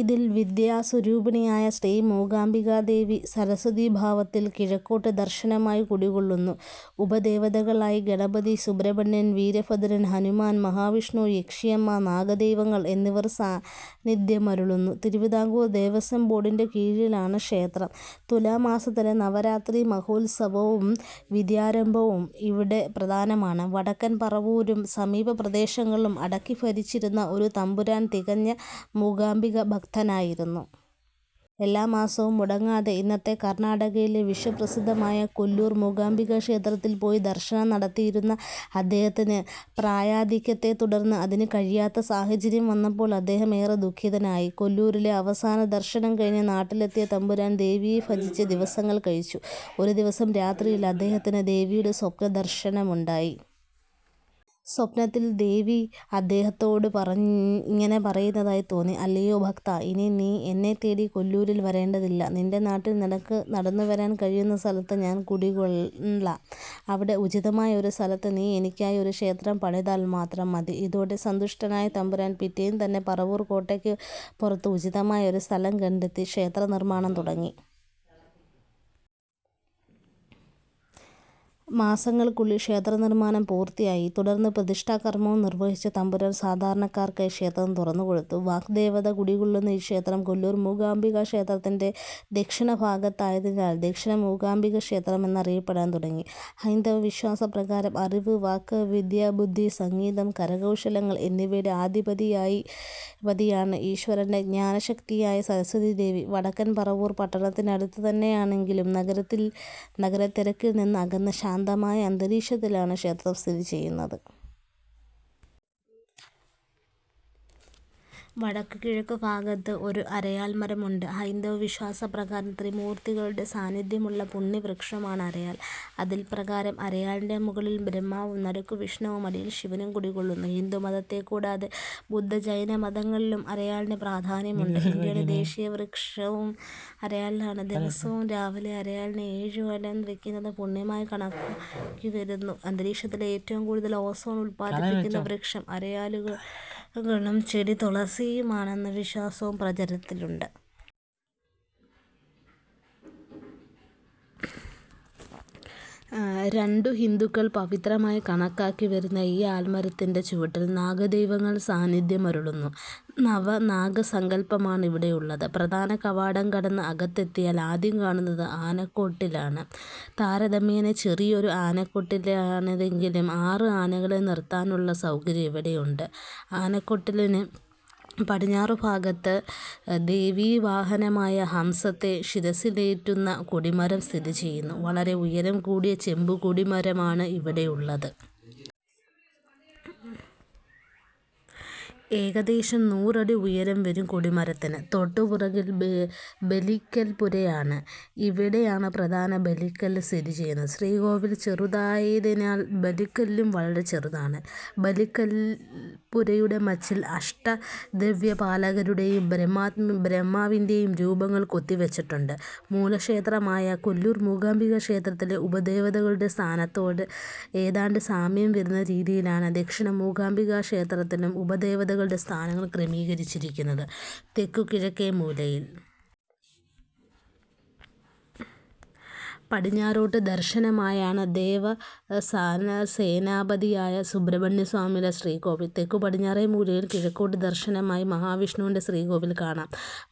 ഇതിൽ വിദ്യാസ്വരൂപിണിയായ ശ്രീമൂകാംബികാദേവി സരസ്വതീഭാവത്തിൽ കിഴക്കോട്ട് ദർശനമായി കുടികൊള്ളുന്നു. ഉപദേവതകളായി ഗണപതി, സുബ്രഹ്മണ്യൻ, വീരഭദ്രൻ, ഹനുമാൻ, മഹാവിഷ്ണു, യക്ഷിയമ്മ, നാഗദൈവങ്ങൾ എന്നിവർ സാന്നിധ്യമരുളുന്നു. തിരുവിതാംകൂർ ദേവസ്വം ബോർഡിൻ്റെ കീഴിലാണ് ക്ഷേത്രം. തുലാമാസത്തിലെ നവരാത്രിമഹോത്സവവും വിദ്യാരംഭവും ഇവിടെ പ്രധാനമാണ്. വടക്കൻ പറവൂരും സമീപപ്രദേശങ്ങളും അടക്കിഭരിച്ചിരുന്ന ഒരു തമ്പുരാൻ തികഞ്ഞ മൂകാംബികാഭക്തനായിരുന്നു. എല്ലാ മാസവും മുടങ്ങാതെ ഇന്നത്തെ കർണാടകയിലെ വിശ്വപ്രസിദ്ധമായ കൊല്ലൂർ മൂകാംബികാക്ഷേത്രത്തിൽ പോയി ദർശനം നടത്തിയിരുന്ന അദ്ദേഹത്തിന് പ്രായാധിക്യത്തെത്തുടർന്ന് അതിന് കഴിയാത്ത സാഹചര്യം വന്നപ്പോൾ അദ്ദേഹം ഏറെ ദുഃഖിതനായി. കൊല്ലൂരിലെ അവസാനദർശനം കഴിഞ്ഞ് നാട്ടിലെത്തിയ തമ്പുരാൻ ദേവിയെ ഭജിച്ച് ദിവസങ്ങൾ കഴിച്ചു. ഒരു ദിവസം രാത്രിയിൽ അദ്ദേഹത്തിന് ദേവിയുടെ സ്വപ്നദർശനമുണ്ടായി. സ്വപ്നത്തിൽ ദേവി അദ്ദേഹത്തോട് ഇങ്ങനെ പറയുന്നതായി തോന്നി .അല്ലയോ ഭക്താ, ഇനി നീ എന്നെത്തേടി കൊല്ലൂരിൽ വരേണ്ടതില്ല. നിൻ്റെ നാട്ടിൽ, നിനക്ക് നടന്നുവരാൻ കഴിയുന്ന സ്ഥലത്ത് ഞാൻ കുടികൊണ്ടുകൊള്ളാം. അവിടെ ഉചിതമായ ഒരു സ്ഥലത്ത് നീ എനിക്കായി ഒരു ക്ഷേത്രം പണിതാൽ മാത്രം മതി. ഇതോടെ സന്തുഷ്ടനായ തമ്പുരാൻ പിറ്റേന്നുതന്നെ പറവൂർ കോട്ടയ്ക്ക് പുറത്ത് ഉചിതമായ ഒരു സ്ഥലം കണ്ടെത്തി ക്ഷേത്രനിർമ്മാണം തുടങ്ങി. മാസങ്ങൾക്കുള്ളിൽ ക്ഷേത്രനിർമ്മാണം പൂർത്തിയായി. തുടർന്ന് പ്രതിഷ്ഠാകർമവും നിർവഹിച്ച തമ്പുരാൻ സാധാരണക്കാർക്കായി ക്ഷേത്രം തുറന്നുകൊടുത്തു. വാഗ്ദേവത കുടികൊള്ളുന്ന ഈ ക്ഷേത്രം കൊല്ലൂർ മൂകാംബികാക്ഷേത്രത്തിൻ്റെ ദക്ഷിണഭാഗത്തായതിനാൽ ദക്ഷിണമൂകാംബികാക്ഷേത്രം എന്നറിയപ്പെടാൻ തുടങ്ങി. ഹൈന്ദവവിശ്വാസപ്രകാരം അറിവ്, വാക്ക്, വിദ്യ, ബുദ്ധി, സംഗീതം, കരകൗശലങ്ങൾ എന്നിവയുടെ അധിപതിയാണ് ഈശ്വരൻ്റെ ജ്ഞാനശക്തിയായ സരസ്വതീദേവി. വടക്കൻ പറവൂർ പട്ടണത്തിനകത്തുതന്നെയാണെങ്കിലും നഗരത്തിരക്കിൽനിന്ന് അകന്ന് ശാന്തമായ അന്തരീക്ഷത്തിലാണ് ക്ഷേത്രം സ്ഥിതിചെയ്യുന്നത്. വടക്കുകിഴക്കുഭാഗത്ത് ഒരു അരയാൽമരമുണ്ട്. ഹൈന്ദവവിശ്വാസപ്രകാരം ത്രിമൂർത്തികളുടെ സാന്നിധ്യമുള്ള പുണ്യവൃക്ഷമാണ് അരയാൽ. അതിൻപ്രകാരം അരയാലിൻ്റെ മുകളിൽ ബ്രഹ്മാവും നടുക്ക് വിഷ്ണുവും അടിയിൽ ശിവനും കുടികൊള്ളുന്നു. ഹിന്ദുമതത്തെക്കൂടാതെ ബുദ്ധ-ജൈനമതങ്ങളിലും അരയാലിന് പ്രാധാന്യമുണ്ട്. ഇന്ത്യയുടെ ദേശീയവൃക്ഷവും അരയാലാണ്. ദിവസവും രാവിലെ അരയാലിനെ ഏഴുവലം വയ്ക്കുന്നത് പുണ്യമായി കണക്കാക്കിവരുന്നു. അന്തരീക്ഷത്തിൽ ഏറ്റവും കൂടുതൽ ഓസോൺ ഉത്പാദിപ്പിക്കുന്ന വൃക്ഷം അരയാലും ചെടി തുളസിയുമാണെന്ന വിശ്വാസവും പ്രചാരത്തിലുണ്ട്. രണ്ടും ഹിന്ദുക്കൾ പവിത്രമായി കണക്കാക്കിവരുന്നു.ഈ ആൽമരത്തിൻ്റെ ചുവട്ടിൽ നാഗദൈവങ്ങൾ സാന്നിധ്യമരുളുന്നു. നവനാഗസങ്കൽപ്പമാണ് ഇവിടെയുള്ളത്. പ്രധാനകവാടം കടന്ന് അകത്തെത്തിയാൽ ആദ്യം കാണുന്നത് ആനക്കൊട്ടിലാണ്. താരതമ്യേന ചെറിയൊരു ആനക്കൊട്ടിലാണിതെങ്കിലും ആറ് ആനകളെ നിർത്താനുള്ള സൗകര്യം ഇവിടെയുണ്ട്. ആനക്കൊട്ടിലിന് പടിഞ്ഞാറുഭാഗത്ത് ദേവീവാഹനമായ ഹംസത്തെ ശിരസ്സിലേറ്റുന്ന കൊടിമരം സ്ഥിതിചെയ്യുന്നു. വളരെ ഉയരം കൂടിയ ചെമ്പുകൊടിമരമാണ് ഇവിടെയുള്ളത്. ഏകദേശം നൂറടി ഉയരം വരും. കൊടിമരത്തിന് തൊട്ടുപുറകിൽ ബലിക്കൽപ്പുരയാണ്. ഇവിടെയാണ് പ്രധാന ബലിക്കല്ല് സ്ഥിതിചെയ്യുന്നത്. ശ്രീകോവിൽ ചെറുതായതിനാൽ ബലിക്കല്ലും വളരെ ചെറുതാണ്. ബലിക്കൽപ്പുരയുടെ മച്ചിൽ അഷ്ടദിക്പാലകരുടെയും ബ്രഹ്മാവിൻ്റെ യും രൂപങ്ങൾ കൊത്തിവച്ചിട്ടുണ്ട്. മൂലക്ഷേത്രമായ കൊല്ലൂർ മൂകാംബികാക്ഷേത്രത്തിലെ ഉപദേവതകളുടെ സ്ഥാനത്തോട് ഏതാണ്ട് സാമ്യം വരുന്ന രീതിയിലാണ് ദക്ഷിണമൂകാംബികാക്ഷേത്രത്തിലും ഉപദേവതകളുടെ സ്ഥാനങ്ങൾ ക്രമീകരിച്ചിരിക്കുന്നത്. തെക്കുകിഴക്കേമൂലയിൽ പടിഞ്ഞാറോട്ട് ദർശനമായാണ് ദേവസേനാപതിയായ സുബ്രഹ്മണ്യസ്വാമിയുടെ ശ്രീകോവിൽ. തെക്കുപടിഞ്ഞാറേമൂലയിൽ കിഴക്കോട്ട് ദർശനമായി മഹാവിഷ്ണുവിൻ്റെ ശ്രീകോവിൽ കാണാം.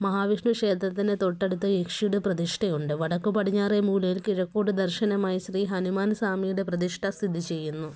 മഹാവിഷ്ണുക്ഷേത്രത്തിന് തൊട്ടടുത്ത് യക്ഷിയുടെ പ്രതിഷ്ഠയുണ്ട്. വടക്കുപടിഞ്ഞാറേമൂലയിൽ കിഴക്കോട്ട് ദർശനമായി ശ്രീഹനുമാൻസ്വാമിയുടെ പ്രതിഷ്ഠ സ്ഥിതിചെയ്യുന്നു.